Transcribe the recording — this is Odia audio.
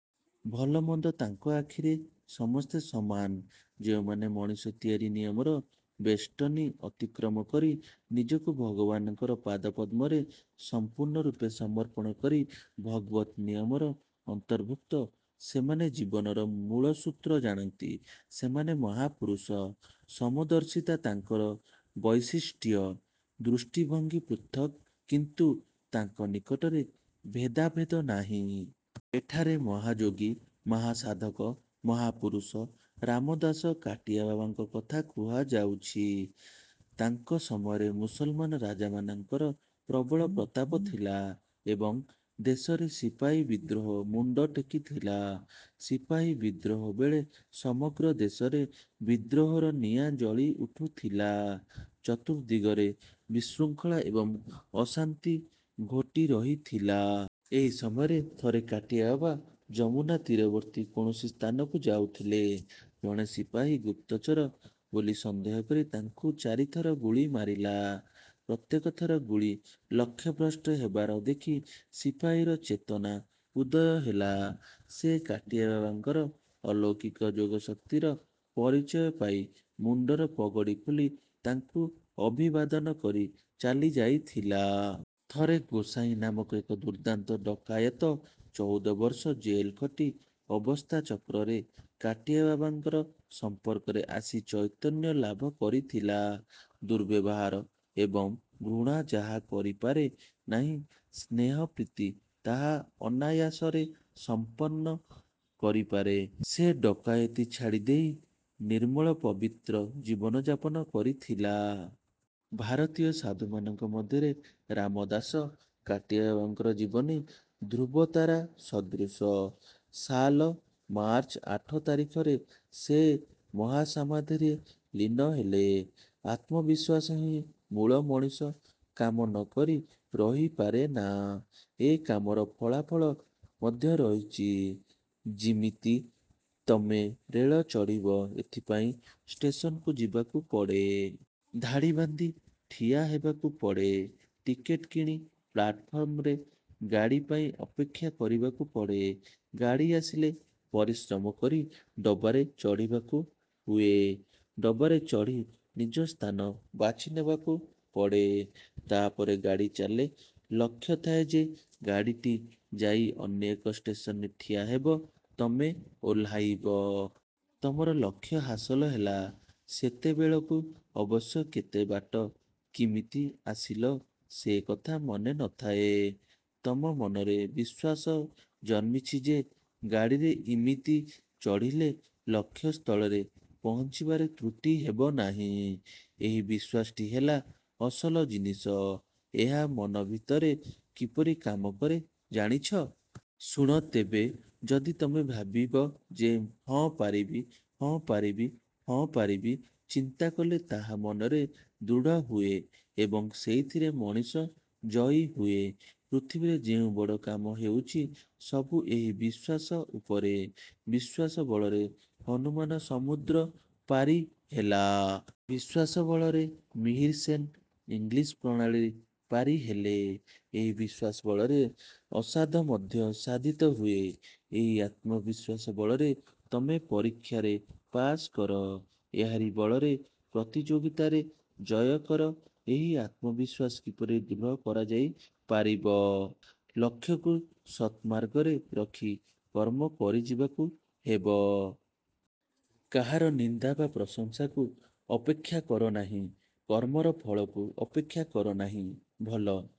ଭଲ-ମନ୍ଦ ତାଙ୍କ ଆଖିରେ ସମସ୍ତେ ସମାନ। ଯେଉଁମାନେ ମଣିଷ ତିଆରି ନିୟମର ବେଷ୍ଟନୀ ଅତିକ୍ରମ କରି, ନିଜକୁ ଭଗବାନଙ୍କର ପାଦପଦ୍ମରେ ସଂପୂର୍ଣ୍ଣରୂପେ ସମର୍ପଣ କରି ଭଗବତ୍ ନିୟମର ଅନ୍ତର୍ଭୁକ୍ତ, ସେମାନେ ଜୀବନର ମୂଳସୂତ୍ର ଜାଣନ୍ତି। ସେମାନେ ମହାପୁରୁଷ। ସମଦର୍ଶିତା ତାଙ୍କର ବୈଶିଷ୍ଟ୍ୟ। ଦୃଷ୍ଟିଭଙ୍ଗୀ ପୃଥକ୍-କିନ୍ତୁ ତାଙ୍କ ନିକଟରେ ଭେଦାଭେଦ ନାହିଁ। ଏଠାରେ ମହାଯୋଗୀ, ମହାସାଧକ, ମହାପୁରୁଷ ରାମଦାସ-କାଟିଆବାବାଙ୍କ କଥା କୁହାଯାଉଛି। ତାଙ୍କ ସମୟରେ ମୁସଲମାନ ରାଜାମାନଙ୍କର ପ୍ରବଳ ପ୍ରତାପ ଥିଲା ଏବଂ ଦେଶରେ ସିପାହୀ ବିଦ୍ରୋହ ମୁଣ୍ଡ ଟେକିଥିଲା। ସିପାହୀ-ବିଦ୍ରୋହ ବେଳେ ସମଗ୍ର ଦେଶରେ ବିଦ୍ରୋହର ନିଆଁ ଜଳି ଉଠୁଥିଲା। ଚତୁର୍ଦ୍ଦିଗରେ ବିଶୃଙ୍ଖଳା ଏବଂ ଅଶାନ୍ତି ଘୋଟି ରହିଥିଲା। ଏହି ସମୟରେ ଥରେ କାଟିଆବାବା ଯମୁନାତୀରବର୍ତ୍ତୀ କୌଣସି ସ୍ଥାନକୁ ଯାଉଥିଲେ। ଜଣେ ସିପାହୀ ଗୁପ୍ତଚର ବୋଲି ସନ୍ଦେହ କରି ତାଙ୍କୁ ଚାରିଥର ଗୁଳି ମାରିଲା। ପ୍ରତ୍ୟେକ ଥର ଗୁଳି ଲକ୍ଷ୍ୟଭ୍ରଷ୍ଟ ହେବାର ଦେଖି ସିପାହୀର ଚେତନା-ଉଦୟ ହେଲା। ସେ କାଟିଆବାବାଙ୍କର ଅଲୌକିକ ଯୋଗଶକ୍ତିର ପରିଚୟ ପାଇ ମୁଣ୍ଡର ପଗଡ଼ି ଖୋଲି ତାଙ୍କୁ ଅଭିବାଦନ କରି ଚାଲି ଯାଇଥିଲା। ଥରେ ଗୋସାଇଁଆ ନାମକ ଏକ ଦୁର୍ଦ୍ଦାନ୍ତ ଡକାଏତ ଚଉଦ ବର୍ଷ ଜେଲ ଖଟି ଅବସ୍ଥାଚକ୍ରରେ କାଟିଆବାବାଙ୍କର ସମ୍ପର୍କରେ ଆସି ଚୈତନ୍ୟ ଲାଭ କରିଥିଲା। ଦୁର୍ବ୍ୟବହାର ଏବଂ ଘୃଣା ଯାହା କରିପାରେ ନାହିଁ, ସ୍ନେହ-ପ୍ରୀତି ତାହା ଅନାୟାସରେ ସମ୍ପନ୍ନ କରିପାରେ। ସେ ଡକାଏତି ଛାଡ଼ିଦେଇ ନିର୍ମଳ ପବିତ୍ର ଜୀବନ ଯାପନ କରିଥିଲା। ଭାରତୀୟ ସାଧୁମାନଙ୍କ ମଧ୍ୟରେ ରାମଦାସ-କାଟିଆବାବାଙ୍କ ଜୀବନୀ ଧ୍ରୁବତାରା ସଦୃଶ-। ସାଲ ମାର୍ଚ୍ଚ ଆଠ ତାରିଖରେ ସେ ମହାସମାଧିରେ ଲୀନ ହେଲେ। ଆତ୍ମବିଶ୍ୱାସ ହିଁ ମୂଳ ମଣିଷ କାମ ନ କରି ରହିପାରେନା। ଏ କାମର ଫଳାଫଳ ମଧ୍ୟ ରହିଛି। ଯିମିତି ତମେ ରେଳ ଚଢ଼ିବ; ଏଥିପାଇଁ ଷ୍ଟେସନକୁ ଯିବାକୁ ପଡ଼େ। ଧାଡ଼ି ବାନ୍ଧି ଠିଆ ହେବାକୁ ପଡ଼େ। ଟିକଟ କିଣି ପ୍ଲାଟଫର୍ମରେ ଗାଡ଼ି ପାଇଁ ଅପେକ୍ଷା କରିବାକୁ ପଡ଼େ। ଗାଡ଼ି ଆସିଲେ ପରିଶ୍ରମକରି ଡବାରେ ଚଢ଼ିବାକୁ ହୁଏ ଡବାରେ ଚଢ଼ି ନିଜ ସ୍ଥାନ ବାଛି ନେବାକୁ ପଡ଼େ। ତା'ପରେ ଗାଡ଼ି ଚାଲେ। ଲକ୍ଷ୍ୟ ଥାଏ ଯେ ଗାଡ଼ିଟି ଯାଇ ଅନ୍ୟ ଏକ ଷ୍ଟେସନରେ ଠିଆ ହେବ, ତମେ ଓହ୍ଲାଇବ। ତମର ଲକ୍ଷ୍ୟ ହାସଲ ହେଲା। ସେତେବେଳକୁ ଅବଶ୍ୟ କେତେବାଟ କିମିତି ଆସିଲ ସେ କଥା ମନେ ନ ଥାଏ। ତମ ମନରେ ବିଶ୍ୱାସ ଜନ୍ମିଛି ଯେ ଗାଡ଼ିରେ ଇମିତି ଚଢ଼ିଲେ ଲକ୍ଷ୍ୟ ସ୍ଥଳରେ ପହଞ୍ଚିବାରେ ତ୍ରୁଟି ହେବନାହିଁ। ଏହି ବିଶ୍ୱାସଟି ହେଲା ଅସଲ ଜିନିଷ। ଏହା ମନ ଭିତରେ କିପରି କାମ କରେ, ଜାଣିଛ? ଶୁଣ ତେବେ। ଯଦି ତମେ ଭାବିବ ଯେ 'ହଁ ପାରିବି, ହଁ ପାରିବି, ହଁ ପାରିବି', ଚିନ୍ତା କଲେ ତାହା ମନରେ ଦୃଢ଼ ହୁଏ ଏବଂ ସେଇଥିରେ ମଣିଷ ଜୟୀ ହୁଏ। ପୃଥିବୀରେ ଯେଉଁ ବଡ଼ କାମ ହେଉଛି ସବୁ ଏହି ବିଶ୍ୱାସ ଉପରେ। ବିଶ୍ୱାସ ବଳରେ ହନୁମାନ ସମୁଦ୍ର ପାରିହେଲା। ବିଶ୍ୱାସ ବଳରେ ମିହିର ସେନ୍ ଇଂଲିଶ୍ ପ୍ରଣାଳୀ ପାରିହେଲେ। ଏହି ବିଶ୍ୱାସ ବଳରେ ଅସାଧ୍ୟ ମଧ୍ୟ ସାଧିତ ହୁଏ। ଏହି ଆତ୍ମବିଶ୍ୱାସ ବଳରେ ତମେ ପରୀକ୍ଷାରେ ପାସ୍ କର। ଏହାରି ବଳରେ ପ୍ରତିଯୋଗିତାରେ ଜୟ କର ଏହି ଆତ୍ମବିଶ୍ୱାସ କିପରି ଦୃଢ଼ କରାଯାଇପାରିବ? ଲକ୍ଷ୍ୟକୁ ସତ୍ମାର୍ଗରେ ରଖି କର୍ମ କରିଯିବାକୁ ହେବ। କାହାର ନିନ୍ଦା ବା ପ୍ରଶଂସାକୁ ଅପେକ୍ଷା କର ନାହିଁ। କର୍ମର ଫଳକୁ ଅପେକ୍ଷା କର ନାହିଁ। ଭଲ